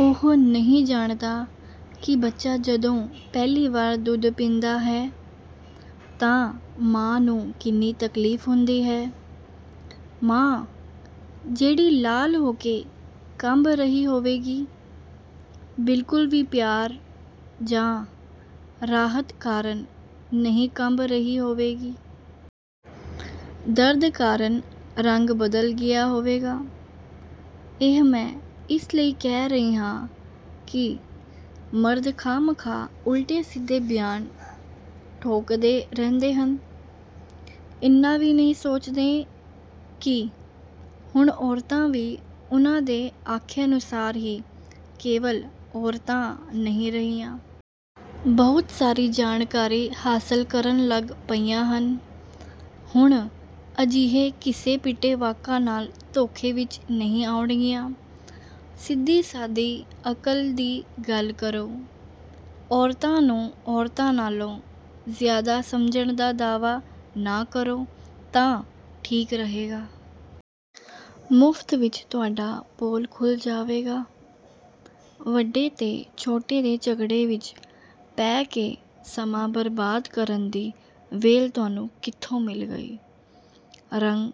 ਉਹ ਨਹੀਂ ਜਾਣਦਾ ਕਿ ਬੱਚਾ ਜਦੋਂ ਪਹਿਲੀ ਵਾਰ ਦੁੱਧ ਪੀਂਦਾ ਹੈ ਤਾਂ ਮਾਂ ਨੂੰ ਕਿੰਨੀ ਤਕਲੀਫ਼ ਹੁੰਦੀ ਹੈ। ਮਾਂ, ਜਿਹੜੀ 'ਲਾਲ' ਹੋ ਕੇ ਕੰਬ ਰਹੀ ਹੋਵੇਗੀ, ਬਿਲਕੁਲ ਵੀ ਪਿਆਰ ਜਾਂ ਰਾਹਤ ਕਾਰਨ ਨਹੀਂ ਕੰਬ ਰਹੀ ਹੋਵੇਗੀ। ਦਰਦ ਕਾਰਨ ਰੰਗ ਬਦਲ ਗਿਆ ਹੋਵੇਗਾ। ਇਹ ਮੈਂ ਇਸ ਲਈ ਕਹਿ ਰਹੀ ਹਾਂ ਕਿ ਮਰਦ ਖਾਹ-ਮਖਾਹ ਉਲਟੇ-ਸਿੱਧੇ ਬਿਆਨ ਠੋਕਦੇ ਰਹਿੰਦੇ ਹਨ। ਇੰਨਾ ਵੀ ਨਹੀਂ ਸੋਚਦੇ ਕਿ ਹੁਣ ਔਰਤਾਂ ਵੀ ਉਹਨਾਂ ਦੇ ਆਖੇ ਅਨੁਸਾਰ ਹੀ ਕੇਵਲ ਔਰਤਾਂ ਨਹੀਂ ਰਹੀਆਂ। ਬਹੁਤ ਸਾਰੀ ਜਾਣਕਾਰੀ ਹਾਸਲ ਕਰਨ ਲੱਗ ਪਈਆਂ ਹਨ। ਹੁਣ ਅਜਿਹੇ ਘਿਸੇ-ਪਿਟੇ ਵਾਕਾਂ ਨਾਲ ਧੋਖੇ ਵਿੱਚ ਨਹੀਂ ਆਉਣਗੀਆਂ। ਸਿੱਧੀ-ਸਾਦੀ ਅਕਲ ਦੀ ਗੱਲ ਕਰੋ। ਔਰਤਾਂ ਨੂੰ ਔਰਤਾਂ ਨਾਲੋਂ ਜ਼ਿਆਦਾ ਸਮਝਣ ਦਾ ਦਾਅਵਾ ਨਾ ਕਰੋ ਤਾਂ ਠੀਕ ਰਹੇਗਾ। ਮੁਫ਼ਤ ਵਿੱਚ ਤੁਹਾਡਾ ਪੋਲ ਖੁੱਲ੍ਹ ਜਾਵੇਗਾ। ਵੱਡੇ ਤੇ ਛੋਟੇ ਦੇ ਝਗੜੇ ਵਿੱਚ ਪੈ ਕੇ ਸਮਾਂ ਬਰਬਾਦ ਕਰਨ ਦੀ ਵਿਹਲ ਤੁਹਾਨੂੰ ਕਿੱਥੋਂ ਮਿਲ ਗਈ। ਰੰਗ,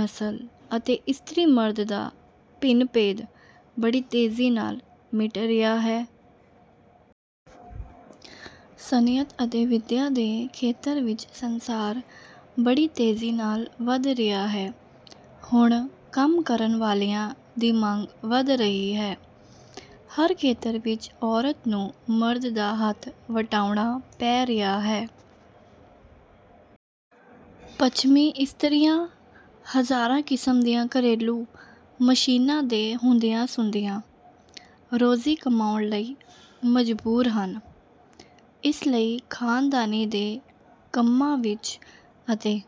ਨਸਲ ਅਤੇ ਇਸਤਰੀ-ਮਰਦ ਦਾ ਭਿੰਨ-ਭੇਦ ਬੜੀ ਤੇਜ਼ੀ ਨਾਲ ਮਿਟ ਰਿਹਾ ਹੈ। ਸਨਅਤ ਅਤੇ ਵਿੱਦਿਆ ਦੇ ਖੇਤਰ ਵਿੱਚ ਸੰਸਾਰ ਬੜੀ ਤੇਜ਼ੀ ਨਾਲ ਵੱਧ ਰਿਹਾ ਹੈ। ਹੁਣ ਕੰਮ ਕਰਨ ਵਾਲਿਆਂ ਦੀ ਮੰਗ ਵੱਧ ਰਹੀ ਹੈ। ਹਰ ਖੇਤਰ ਵਿੱਚ ਔਰਤ ਨੂੰ ਮਰਦ ਦਾ ਹੱਥ ਵਟਾਉਣਾ ਪੈ ਰਿਹਾ ਹੈ। ਪੱਛਮੀ ਇਸਤਰੀਆਂ, ਹਜ਼ਾਰਾਂ ਕਿਸਮ ਦੀਆਂ ਘਰੇਲੂ ਮਸ਼ੀਨਾਂ ਦੇ ਹੁੰਦਿਆਂ-ਸੁੰਦਿਆਂ, ਰੋਜ਼ੀ ਕਮਾਉਣ ਲਈ ਮਜਬੂਰ ਹਨ। ਇਸ ਲਈ ਖਾਨਦਾਨੀ ਦੇ ਕੰਮਾਂ ਵਿੱਚ ਅਤੇ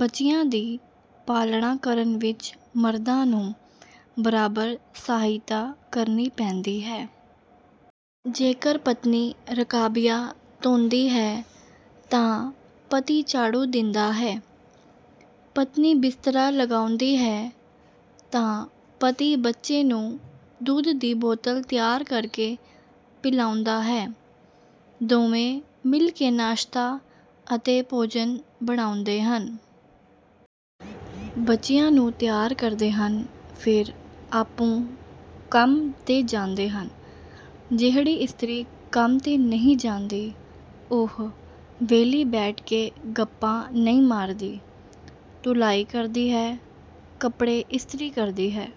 ਬੱਚਿਆਂ ਦੀ ਪਾਲਣਾ ਕਰਨ ਵਿੱਚ ਮਰਦਾਂ ਨੂੰ ਬਰਾਬਰ ਸਹਾਇਤਾ ਕਰਨੀ ਪੈਂਦੀ ਹੈ। ਜੇਕਰ ਪਤਨੀ ਰਕਾਬੀਆਂ ਧੋਂਦੀ ਹੈ ਤਾਂ ਪਤੀ ਝਾੜੂ ਦਿੰਦਾ ਹੈ। ਪਤਨੀ ਬਿਸਤਰਾ ਲਗਾਉਂਦੀ ਹੈ ਤਾਂ ਪਤੀ ਬੱਚੇ ਨੂੰ ਦੁੱਧ ਦੀ ਬੋਤਲ ਤਿਆਰ ਕਰਕੇ ਪਿਲਾਉਂਦਾ ਹੈ। ਦੋਵੇਂ ਮਿਲ ਕੇ ਨਾਸ਼ਤਾ ਅਤੇ ਭੋਜਨ ਬਣਾਉਂਦੇ ਹਨ। ਬੱਚਿਆਂ ਨੂੰ ਤਿਆਰ ਕਰਦੇ ਹਨ। ਫਿਰ ਆਪੂੰ ਕੰਮ 'ਤੇ ਜਾਂਦੇ ਹਨ। ਜਿਹੜੀ ਇਸਤਰੀ ਕੰਮ 'ਤੇ ਨਹੀਂ ਜਾਂਦੀ, ਉਹ ਵਿਹਲੀ ਬੈਠ ਕੇ ਗੱਪਾਂ ਨਹੀਂ ਮਾਰਦੀ। ਧੁਲਾਈ ਕਰਦੀ ਹੈ, ਕੱਪੜੇ ਇਸਤਰੀ ਕਰਦੀ ਹੈ।